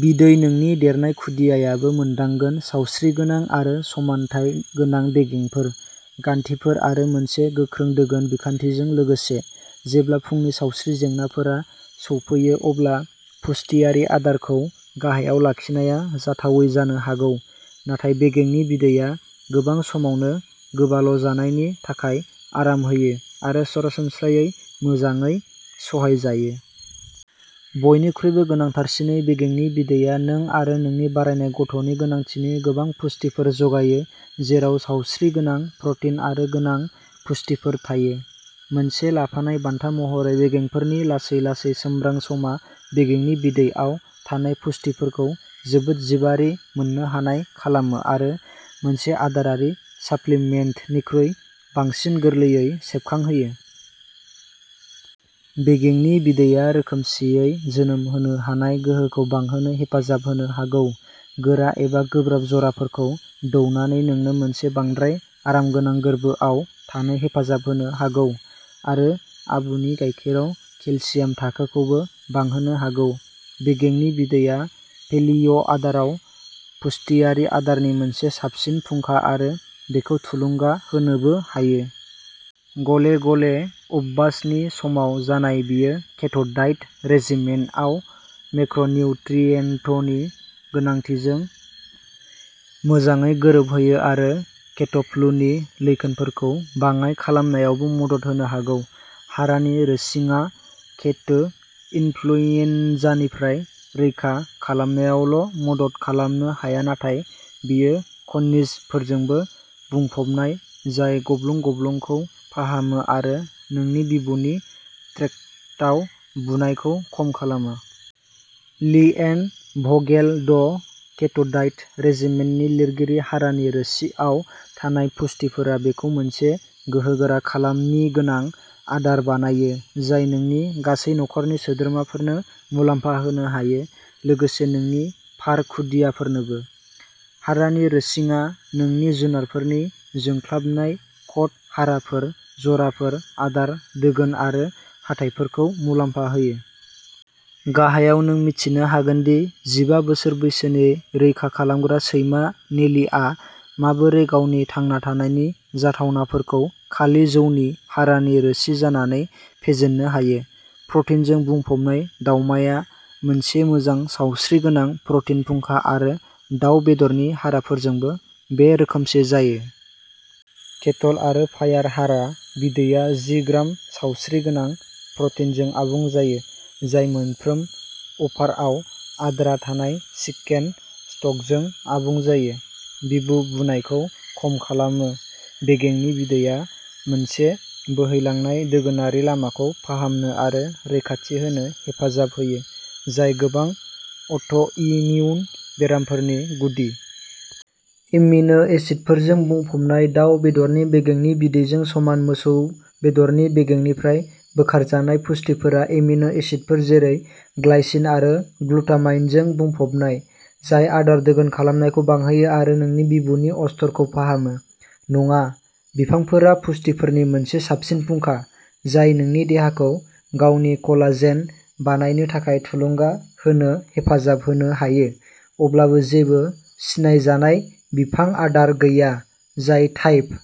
बिदै नोंनि देरनाय खुदियायाबो मोन्दांगोन सावस्रिगोनां आरो समानथाय गोनां बेगेंफोर गान्थिफोर आरो मोनसे गोख्रों दोगोन बिखान्थिजों लोगोसे। जेब्ला फुंनि सावस्रि जेंनाफोरा सौफैयो अब्ला पुष्टियारि आदारखौ गाहायाव लाखिनाया जाथावै जानो हागौ। नाथाय बेगेंनि बिदैया गोबां समावनो गोबाल'जानायनि थाखाय आराम होयो आरो सरासनस्रायै मोजाङै सहायजायो। बयनिख्रुइबो गोनांथारसिनै बेगेंनि बिदैया नों आरो नोंनि बारायनाय गथ'नि गोनांथिनि गोबां पुष्टिफोर जगायो जेराव सावस्रिगोनां प्र'टिन आरो गोनां पुष्टिफोर थायो। मोनसे लाफानाय बान्था महरै बेगेंफोरनि लासै लासै सोमब्रां समा बेगेंनि बिदैआव थानाय पुष्टिफोरखौ जोबोद जिबारि मोननो हानाय खालामो आरो मोनसे आदारारि साप्लिमेन्टनिख्रुइ बांसिन गोरलैयै सोबखांहोयो। बेगेंनि बिदैया रोखोमसेयै जोनोम होनो हानाय गोहोखौ बांहोनो हेफाजाब होनो हागौ गोरा एबा गोब्राब जराफोरखौ दौनानै नोंनो मोनसे बांद्राय आरामगोनां गोर्बोआव थानो हेफाजाब होनो हागौ आरो आबुनि गायखेराव केलसियाम थाखोखौबो बांहोनो हागौ। बेगेंनि बिदैया पेलिय'आदाराव पुष्टियारि आदारनि मोनसे साबसिन फुंखा आरो बेखौ थुलुंगा होनोबो हायो। गले गले उपबासनि समाव जानाय बेयो केट'डाइट रेजिमेनआव मेक्र'निउट्रियेन्टनि गोनांथिजों मोजाङै गोरोबहोयो आरो केट'फ्लुनि लैखोनफोरखौ बाङाइ खालामनायावबो मदद होनो हागौ। हारानि रोसिङा केटो इन्फ्लुयेनजानिफ्राय रैखा खालामनायावल'मदद खालामनो हाया नाथाय बेयो खनिजफोरजोंबो बुंफबनाय जाय गब्लं गब्लंखौ फाहामो आरो नोंनि बिबुनि ट्रेक्टआव बुनायखौ खम खालामो। लीएन भगेल द केट'डाइट रेजिमेननि लिरगिरि हारानि रोसिआव थानाय पुष्टिफोरा बेखौ मोनसे गोहोगोरा खामानिगोनां आदार बानायो जाय नोंनि गासै नखरनि सोद्रोमाफोरनो मुलाम्फा होनो हायो लोगोसे नोंनि फार खुदियाफोरनोबो। हारानि रोसिङा नोंनि जुनारफोरनि जोंख्लाबनाय कट हाराफोर जराफोर आदार दोगोन आरो हाथाइफोरखौ मुलाम्फा होयो। गाहायाव नों मिथिनो हागोन दि जिबा बोसोर बैसोनि रैखा खालामग्रा सैमा नेलिआ माबोरै गावनि थांना थानायनि जाथावनाफोरखौ खालि जौनि हारानि रोसि जानानै फेजेननो हायो। प्रटिनजों बुंफबनाय दावमाया मोनसे मोजां सावस्रिगोनां प्रटिन फुंखा आरो दाव बेदरनि हाराफोरजोंबो बे रोखोमसे जायो। केटल आरो फायार हारा बिदैया जि ग्राम सावस्रिगोनां प्रटिनजों आबुं जायो जाय मोनफ्रोम अफारआव आद्रा थानाय चिकेन स्टकजों आबुं जायो। बिबु बुनायखौ खम खालामो बेगेंनि बिदैया मोनसे बोहैलांनाय दोगोनारि लामाखौ फाहामनो आरो रैखाथि होनो हेफाजाब होयो जाय गोबां अट'इमिउन बेरामफोरनि गुदि। एमिनो एसिडफोरजों बुंफबनाय दाव बेदरनि बेगेंनि बिदैजों समान मोसौ बेदरनि बेगेंनिफ्राय बोखारजानाय पुष्टिफोरा एमिनो एसिडफोर जेरै ग्लाइसिन आरो ग्लुटामाइनजों बुंफबनाय, जाय आदार दोगोन खालामनायखौ बांहोयो आरो नोंनि बिबुनि अस्तरखौ फाहामो। नङा। बिफांफोरा पुष्टिफोरनि मोनसे साबसिन फुंखा जाय नोंनि देहाखौ गावनि कलाजेन बानायनो थाखाय थुलुंगा होनो हेफाजाब होनो हायो अब्लाबो जेबो सिनायजानाय बिफां आदार गैया जाय टाइप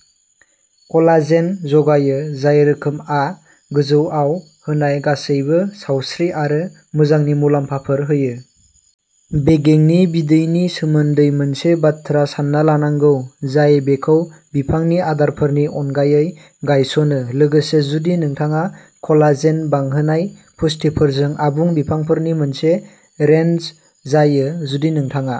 I कलाजेन जगायो जाय रोखोमआ गोजौआव होनाय गासैबो सावस्रि आरो मोजांनि मुलाम्फाफोर होयो। बेगेंनि बिदैनि सोमोन्दै मोनसे बाथ्रा सानना लानांगौ जाय बेखौ बिफांनि आदारफोरनि अनगायै गायसनो लोगोसे जुदि नोंथाङा कलाजेन बांहोनाय पुष्टिफोरजों आबुं बिफांफोरनि मोनसे रेन्ज जायो जुदि नोंथाङा